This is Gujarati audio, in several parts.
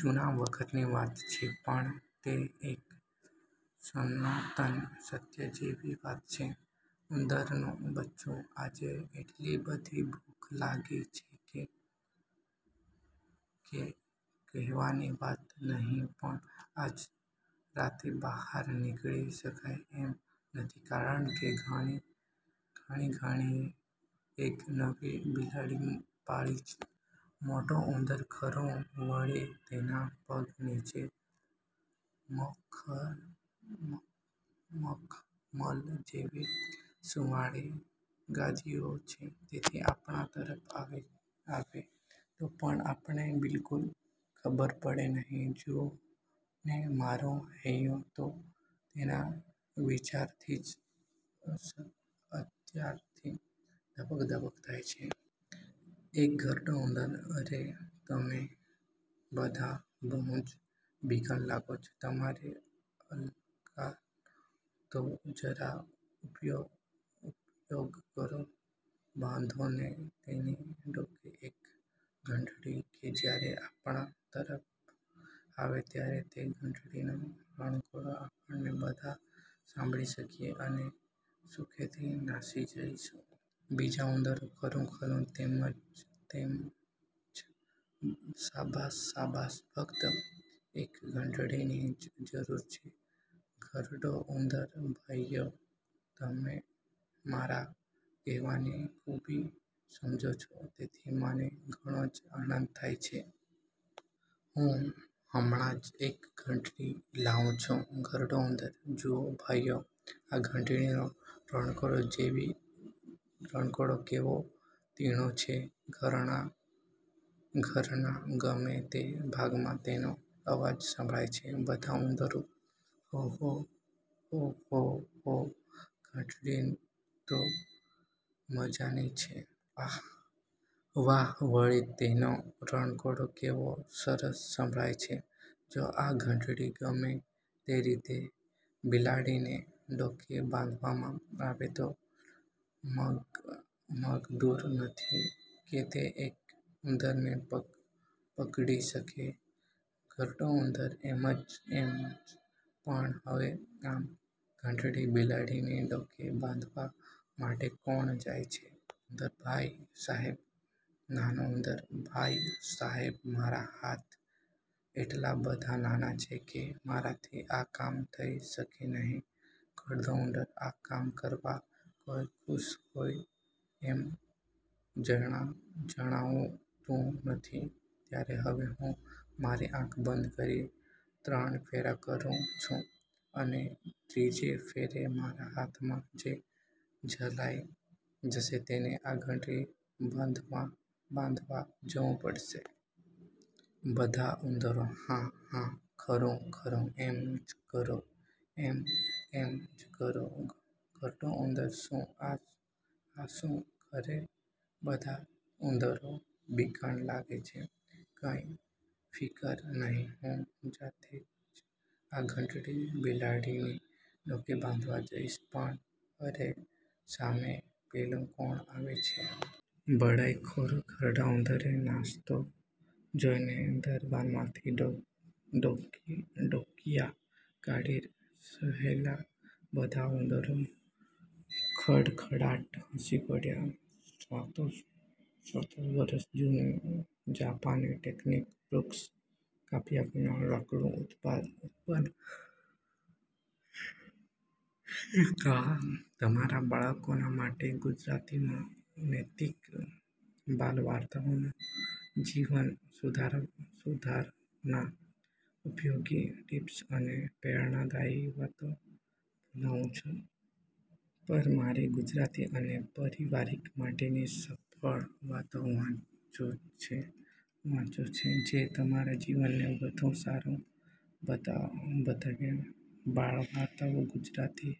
જૂના વખતની વાત છે પણ તે એક સનાતન સત્ય જેવી વાત છે. ઉંદરનું બચ્ચું – આજે એટલી બધી ભૂખ લાગી છે, કે કહેવાની વાત જ નહિ; પણ આજ રાતે બહાર નીકળી શકાય એમ નથી, કારણ કે ઘરધણીએ એક નવી બિલાડી પાળી છે. મોટો ઉંદર – ખરું; વળી તેના પગ નીચે મખમલ જેવી સુંવાળી ગાદીઓ છે, તેથી આપણા તરફ આવે તો પણ આપણને બિલકુલ ખબર પડે નહિ. જુઓને, મારું હૈયું તો તેના વિચારથી જ અત્યારથી ધબક ધબક થાય છે! એક ઘરડો ઉંદર – અરે! તમે બધા બહુ જ બીકણ લાગો છો. તમારી અક્કલનો તો જરા ઉપયોગ કરો. બાંધોને તેની ડોકે એક ઘંટડી, કે જ્યારે આપણા તરફ આવે, ત્યારે તે ઘંટડીનો રણકો આપણે બધા સાંભળી શકીએ, અને સુખેથી નાસી જઈએ! બીજા ઉંદરો – ખરું, ખરું, તેમ જ તેમ જ; શાબાશ! શાબાશ! ફક્ત એક ઘંટડીની જ જરૂર છે. ઘરડો ઉંદર – ભાઈઓ, તમે મારા કહેવાની ખૂબી સમજો છો તેથી મને ઘણો જ આનંદ થાય છે. હું હમણાં જ એક ઘંટડી લાવું છું. ઘરડો ઉંદર – જુઓ, ભાઈઓ, આ ઘંટડીનો રણકો કેવો તીણો છે! ઘરના ગમે તે ભાગમાં તેનો અવાજ સંભળાય છે. બધા ઉંદરો – હો! હો! હો! ઘંટડી તો મજાની છે. વાહ! વળી તેનો રણકો કેવો સરસ સંભળાય છે! જો આ ઘંટડી ગમે તે રીતે બિલાડીની ડોકે બાંધવામાં આવે તો મગદૂર નથી કે તે એક ઉંદરને પકડી શકે! ઘરડો ઉંદર – એમ જ, એમ જ; પણ હવે આ ઘંટડી બિલાડીની ડોકે બાંધવા માટે કોણ જાય છે? નાનો ઉંદર – ભાઈ સાહેબ, મારા હાથ એટલા બધા નાના છે, કે મારાથી આ કામ થઈ શકશે નહિ. ઘરડો ઉંદર – આ કામ કરવા કોઈ ખુશ હોય એમ જણાતું નથી. ત્યારે હવે હું મારી આંખ બંધ કરી ત્રણ ફેરા ફરું છું, અને ત્રીજે ફેરે મારા હાથમાં જે ઝલાઈ જશે તેને આ ઘંટડી બાંધવા જવું પડશે. બધા ઉંદરો – હા, હા, ખરું ખરું, એમ જ કરો; એમ જ કરો. ઘરડો ઉંદર – શું! આ શું! ખરે! બધા જ ઉંદરો બીકણ લાગે છે! કંઈ ફિકર નહિ, હું જાતે જ આ ઘંટડી બિલાડીની ડોકે બાંધવા જઈશ; પણ અરે સામે પેલું કોણ આવે છે? બડાઈખોર ઘરડા ઉંદરને નાસતો જોઈને દરમાંથી ડોકીયાં કાઢી રહેલા બધા ઉંદરો ખડખડાટ હસી પડ્યા. સાતસો વર્ષ જૂની જાપાની ટેકનિક: વૃક્ષ કાપ્યા વિના લાકડાનું ઉત્પાદન – દાયસુગીની કળા તમારા બાળકો માટે ગુજરાતીમાં નૈતિક બાલ વાર્તાઓ, જીવન સુધારનારા ઉપયોગી ટિપ્સ અને પ્રેરણાદાયી વાતો લાવું છું! પર મારી ગુજરાતી, અને પરિવાર માટેની સરળ વાતો વાંચો, જે તમારા જીવનને વધુ સારું બનાવે. બાળ વાર્તાઓ ગુજરાતી,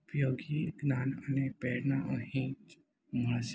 ઉપયોગી જ્ઞાન અને પ્રેરણા અહીં જ મળશે.